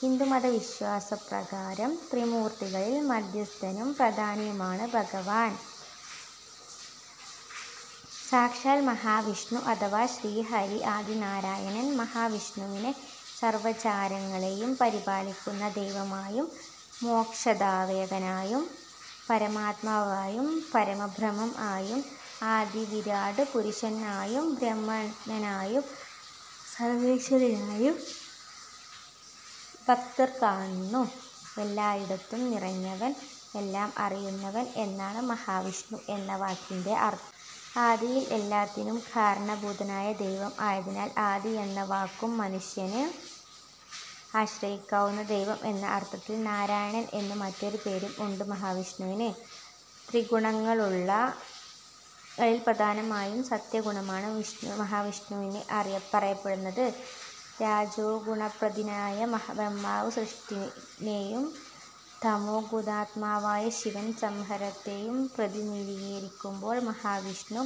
ഹിന്ദുമത വിശ്വാസപ്രകാരം ത്രിമൂർത്തികളിൽ മധ്യസ്ഥനും, പ്രധാനിയുമാണ് ഭഗവാൻ സാക്ഷാൽ മഹാവിഷ്ണു അഥവാ ശ്രീഹരി ആദിനാരായണൻ. ' മഹാ വിഷ്ണുവിനെ സർവ്വചരാചരങ്ങളെയും പരിപാലിക്കുന്ന ദൈവമായും മോക്ഷദായകനായ "പരമാത്മാവായും", "പരബ്രഹ്മം ആയും", "ആദി വിരാട് പുരുഷനായും", "ബ്രഹ്മാണ്ഡനാഥനായും", "സർവ്വേശ്വരനായും" ഭക്തർ കാണുന്നു. "എല്ലായിടത്തും നിറഞ്ഞവൻ", "എല്ലാം അറിയുന്നവൻ" എന്നാണ് മഹാവിഷ്ണു എന്ന വാക്കിന്റെ അർത്ഥം. ആദിയിൽ എല്ലാത്തിനും കാരണഭൂതനായ ദൈവം ആയതിനാൽ "ആദി" എന്ന വാക്കും; "മനുഷ്യന് ആശ്രയിക്കാവുന്ന ദൈവം" എന്ന അർത്ഥത്തിൽ "നാരായണൻ" എന്ന് മറ്റൊരു പേരും ഉണ്ട് മഹാവിഷ്ണുവിന്. ത്രിഗുണങ്ങളിൽ പ്രധാനമായും സത്വഗുണമാണ് മഹാവിഷ്ണുവിന് പറയപ്പെടുന്നത്. രജോഗുണപ്രധാനിയായ ബ്രഹ്മാവ് സൃഷ്ടിയേയും തമോഗുണാത്മകനായ ശിവൻ സംഹാരത്തേയും പ്രതിനിധീകരിക്കുമ്പോൾ മഹാവിഷ്ണു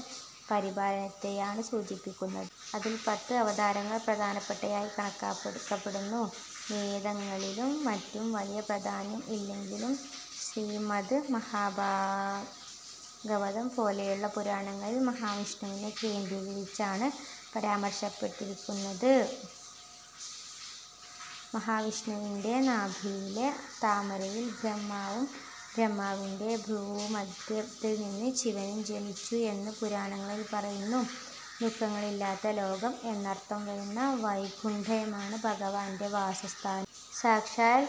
പരിപാലനത്തെയാണ് സൂചിപ്പിക്കുന്നത്. അതിൽ പത്ത് അവതാരങ്ങൾ പ്രധാനപ്പെട്ടവയായി കണക്കാക്കപ്പെടുന്നു. വേദങ്ങളിലും മറ്റും വലിയ പ്രാധാന്യം ഇല്ലെങ്കിലും ശ്രീമദ് മഹാഭാഗവതം പോലെയുള്ള പുരാണങ്ങളിൽ മഹാവിഷ്ണുവിനെ കേന്ദ്രീകരിച്ചാണ് പരാമർശിക്കപ്പെട്ടിരിക്കുന്നത്. മഹാവിഷ്ണുവിന്റെ നാഭിയിലെ താമരയിൽ ബ്രഹ്മാവും ബ്രഹ്മാവിന്റെ ഭ്രൂമധ്യത്തിൽനിന്ന് ശിവനും ജനിച്ചു എന്ന് പുരാണങ്ങളിൽ പറയുന്നു. ദുഃഖങ്ങളില്ലാത്ത ലോകം എന്നർത്ഥം വരുന്ന "വൈകുണ്ഠമാണ്" ഭഗവാന്റെ വാസസ്ഥാനം. സാക്ഷാൽ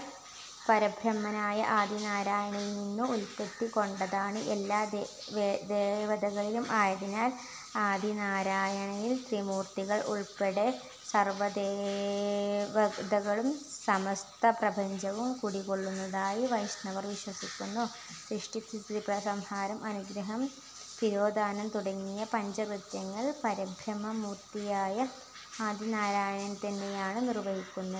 പരബ്രഹ്മനായ ആദിനാരായണനിൽ നിന്നു ഉൽപത്തി കൊണ്ടതാണ് എല്ലാ ദേവതകളും ആയതിനാൽ ആദിനാരായണനിൽ ത്രിമൂർത്തികൾ ഉൾപ്പെടെ സർവ്വ ദേവതകളും, സമസ്ഥപ്രപഞ്ചവും കുടികൊള്ളുന്നതായി വൈഷ്ണവർ വിശ്വസിക്കുന്നു. സൃഷ്ടി, സ്ഥിതി, സംഹാരം, അനുഗ്രഹം, തിരോധാനം തുടങ്ങിയ പഞ്ചകൃത്യങ്ങൾ പരബ്രഹ്മ മൂർത്തിയായ ആദിനാരായണൻതന്നെ ആണ് നിർവഹിക്കുന്നത്.